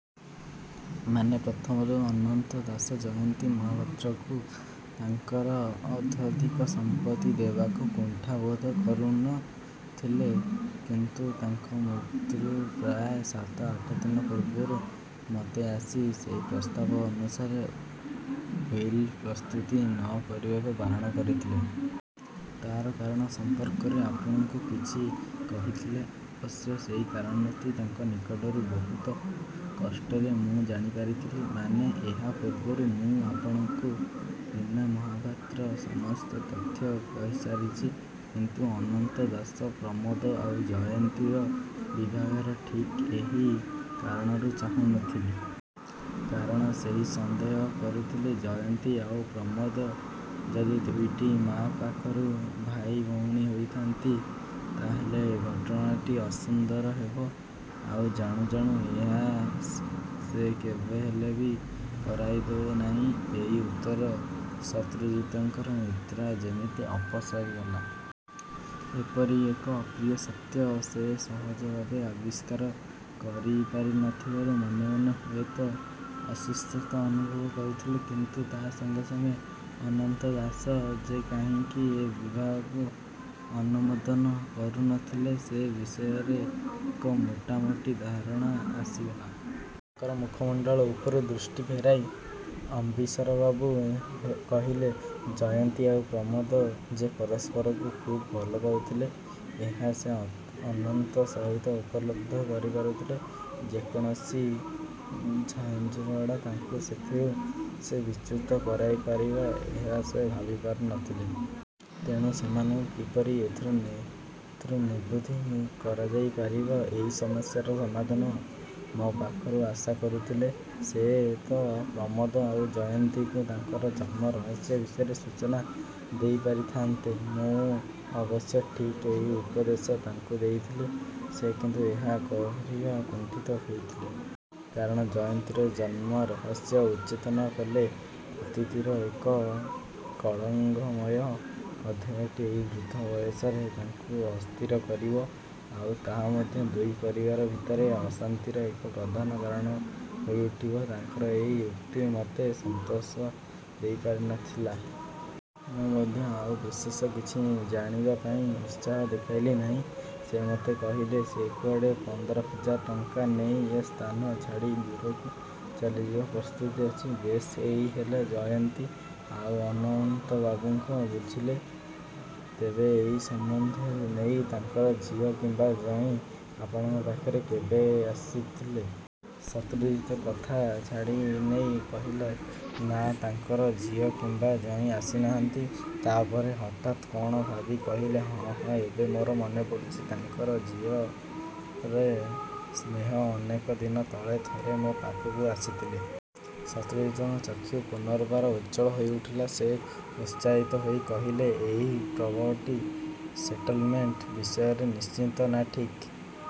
' 'ମାନେ? ' 'ପ୍ରଥମରୁ ଅନନ୍ତ ଦାସ ଜୟନ୍ତୀ ମହାପାତ୍ରକୁ ତାଙ୍କର ଅର୍ଦ୍ଧାଧିକ ସମ୍ପତ୍ତି ଦେବାକୁ କୁଣ୍ଠା ବୋଧ କରୁ ନ ଥିଲେ। କିନ୍ତୁ ତାଙ୍କ ମୃତ୍ୟୁର ପ୍ରାୟ ସାତ ଆଠଦିନ ପୂର୍ବରୁ ମୋତେ ଆସି ସେଇ ପ୍ରସ୍ତାବ ଅନୁସାରେ ଉଇଲ୍ ପ୍ରସ୍ତୁତ ନ କରିବାକୁ ବାରଣ କରିଥିଲେ। ' 'ତା'ର କାରଣ ସଂପର୍କରେ ଆପଣଙ୍କୁ କିଛି କହିଥିଲେ? ' 'ଅବଶ୍ୟ ସେଇ କାରଣଟି ତାଙ୍କ ନିକଟରୁ ବହୁ କଷ୍ଟରେ ମୁଁ ଜାଣିପାରିଥିଲି। ' 'ମାନେ? ' 'ଏହା ପୂର୍ବରୁ ମୁଁ ଆପଣଙ୍କୁ ରୀନା ମହାପାତ୍ରର ସମସ୍ତ ତଥ୍ୟ କହିସାରିଛି। କିନ୍ତୁ ଅନନ୍ତ ଦାସ ପ୍ରମୋଦ ଆଉ ଜୟନ୍ତୀର ବିଭାଘର ଠିକ୍ ଏହି କାରଣରୁ ଚାହୁଁ ନଥିଲେ। କାରଣ ସେ ସନ୍ଦେହ କରୁଥିଲେ, ଜୟନ୍ତୀ ଆଉ ପ୍ରମୋଦ ଯଦି ଦୁଇଟି ମାଆ ପାଖରୁ ଭାଇ ଭଉଣୀ ହୋଇଥାଆନ୍ତି, ତା'ହେଲେ ଘଟଣାଟି ଅସୁନ୍ଦର ହେବ। ଆଉ ଜାଣୁ ଜାଣୁ ଏହା ସେ କେବେହେଲେ କରାଇଦେବେ ନାହିଁ। ' ଏଇ ଉତ୍ତରରେ ଶତ୍ରୁଜିତିଙ୍କର ନିଦ୍ରା ଯେମିତି ଅପସରି ଗଲା। ଏପରି ଏକ ଅପ୍ରିୟ ସତ୍ୟ ସେ ସହଜ ଭାବରେ ଆବିଷ୍କାର କରିପାରି ନ ଥିବାରୁ ମନେ ମନେ ହୁଏତ ଅସୁସ୍ଥତା ଅନୁଭବ କରୁଥିଲେ। କିନ୍ତୁ ତା' ସଙ୍ଗେ ସଙ୍ଗେ ଅନନ୍ତ ଦାସ ଯେ କାହିଁକି ଏ ବିବାହକୁ ଅନମୋଦନ କରୁ ନଥିଲେ ସେ ବିଷୟରେ ଏକ ମୋଟା ମୋଟି ଧାରଣା ଆସିଗଲା। ତାଙ୍କ ମୁଖମଣ୍ଡଳ ଉପରୁ ଦୃଷ୍ଟି ଫେରାଇ ଅମ୍ବରୀଶବାବୁ କହିଲେ, 'ଜୟନ୍ତୀ ଆଉ ପ୍ରମୋଦ ଯେ ପରସ୍ପରକୁ ଖୁବ୍ ଭଲ ପାଉଥିଲେ, ଏହା ସେ ଅନ୍ତର ସହିତ ଉପଲବ୍ଧି କରିପାରୁଥିଲେ। ଯେକୌଣସି ଝଡ଼ଝଞ୍ଜା ତାଙ୍କୁ ସେଥିରୁ ଯେ ବିଚ୍ୟୁତ କରାଇ ପାରିବ ଏହା ସେ ଭାବି ପାରୁ ନଥିଲେ। ତେଣୁ ସେମାନଙ୍କୁ କିପରି ଏଥିରୁ ନିବୃତ୍ତ କରାଇପାରିବେ–ଏଇ ସମସ୍ୟାର ସମାଧାନ ମୋ ପାଖରୁ ଆଶା କରୁଥିଲେ। ' 'ସେ ତ ପ୍ରମୋଦ ଆଉ ଜୟନ୍ତୀକୁ ତାଙ୍କର ଜନ୍ମ ରହସ୍ୟ ବିଷୟରେ ସୂଚନା ଦେଇପାରିଥାଆନ୍ତେ? ' 'ମୁଁ ଅବଶ୍ୟ ଠିକ୍ ଏଇ ଉପଦେଶ ତାଙ୍କୁ ଦେଇଥିଲି। ସେ କିନ୍ତୁ ଏହା କରିବାକୁ କୁଣ୍ଠିତ ହୋଇଥିଲେ। କାରଣ ଜୟନ୍ତୀର ଜନ୍ମ ରହସ୍ୟ ଉନ୍ମୋଚନ କଲେ ଅତୀତର ଏକ କଳଙ୍କମୟ ଅଧ୍ୟାୟ ଏ ବୃଦ୍ଧ ବୟସରେ ତାଙ୍କୁ ଅସ୍ଥିର କରିବ। ଆଉ ତାହା ମଧ୍ୟ ଦୁଇ ପରିବାର ଭିତରେ ଅଶାନ୍ତିର ଏକ ପ୍ରଧାନ କାରଣ ହୋଇଉଠିବ। ତାଙ୍କର ଏଇ ଉକ୍ତି ମୋତେ ସନ୍ତୋଷ ଦେଇ ପାରି ନ ଥିଲା। 'ମୁଁ ମଧ୍ୟ ଆଉ ବିଶେଷ କିଛି ଜାଣିବାପାଇଁ ଉତ୍ସାହ ଦେଖାଇଲି ନାହିଁ। ସେ ମୋତେ କହିଲେ, ସେ କୁଆଡ଼େ ପନ୍ଦର ହଜାର ଟଙ୍କା ନେଇ ଏ ସ୍ଥାନ ଛାଡ଼ି ଦୂରକୁ ଚାଲିଯିବାକୁ ପ୍ରସ୍ତୁତ ଅଛି-। ବେଶ୍, ଏଇ ହେଲା ଜୟନ୍ତୀ ଆଉ ଅନନ୍ତବାବୁଙ୍କର' 'ବୁଝଲି। ତେବେ ଏଇ ସମ୍ବନ୍ଧ ନେଇ ତାଙ୍କର ଝିଅ କିମ୍ବା ଜୋଇଁ ଆପଣଙ୍କ ପାଖକୁ କେବେ ଆସିଥିଲେ? ' ଶତ୍ରୁଜିତ କଥା ଛଡ଼ାଇ ନେଇ କହିଲେ। 'ନା, ତାଙ୍କର ଝିଅ କିମ୍ବା ଜୋଇଁ ଆସିନାହାନ୍ତି। ' ତା'ପରେ ହଠାତ୍ କ'ଣ ଭାବି କହିଲେ, 'ହଁ ହଁ ଏବେ ମୋର ମନେପଡ଼ୁଛି, ତାଙ୍କର ଝିଆରୀ ସ୍ନେହ ଅନେକ ଦିନ ତଳେ ଥରେ ମୋ ପାଖକୁ ଆସିଥିଲା। ' ଶତ୍ରୁଜିତଙ୍କ ଚକ୍ଷୁ ପୁନର୍ବାର ଉଜ୍ଜ୍ୱଳ ହୋଇଉଠିଲା। ସେ ଉତ୍ସାହିତ ହୋଇ କହିଲେ, 'ଏଇ ପ୍ରପଟି ସେଟଲମେଣ୍ଟ ବିଷୟରେ ନିଶ୍ଚୟ। ' 'ନା, ଠିକ୍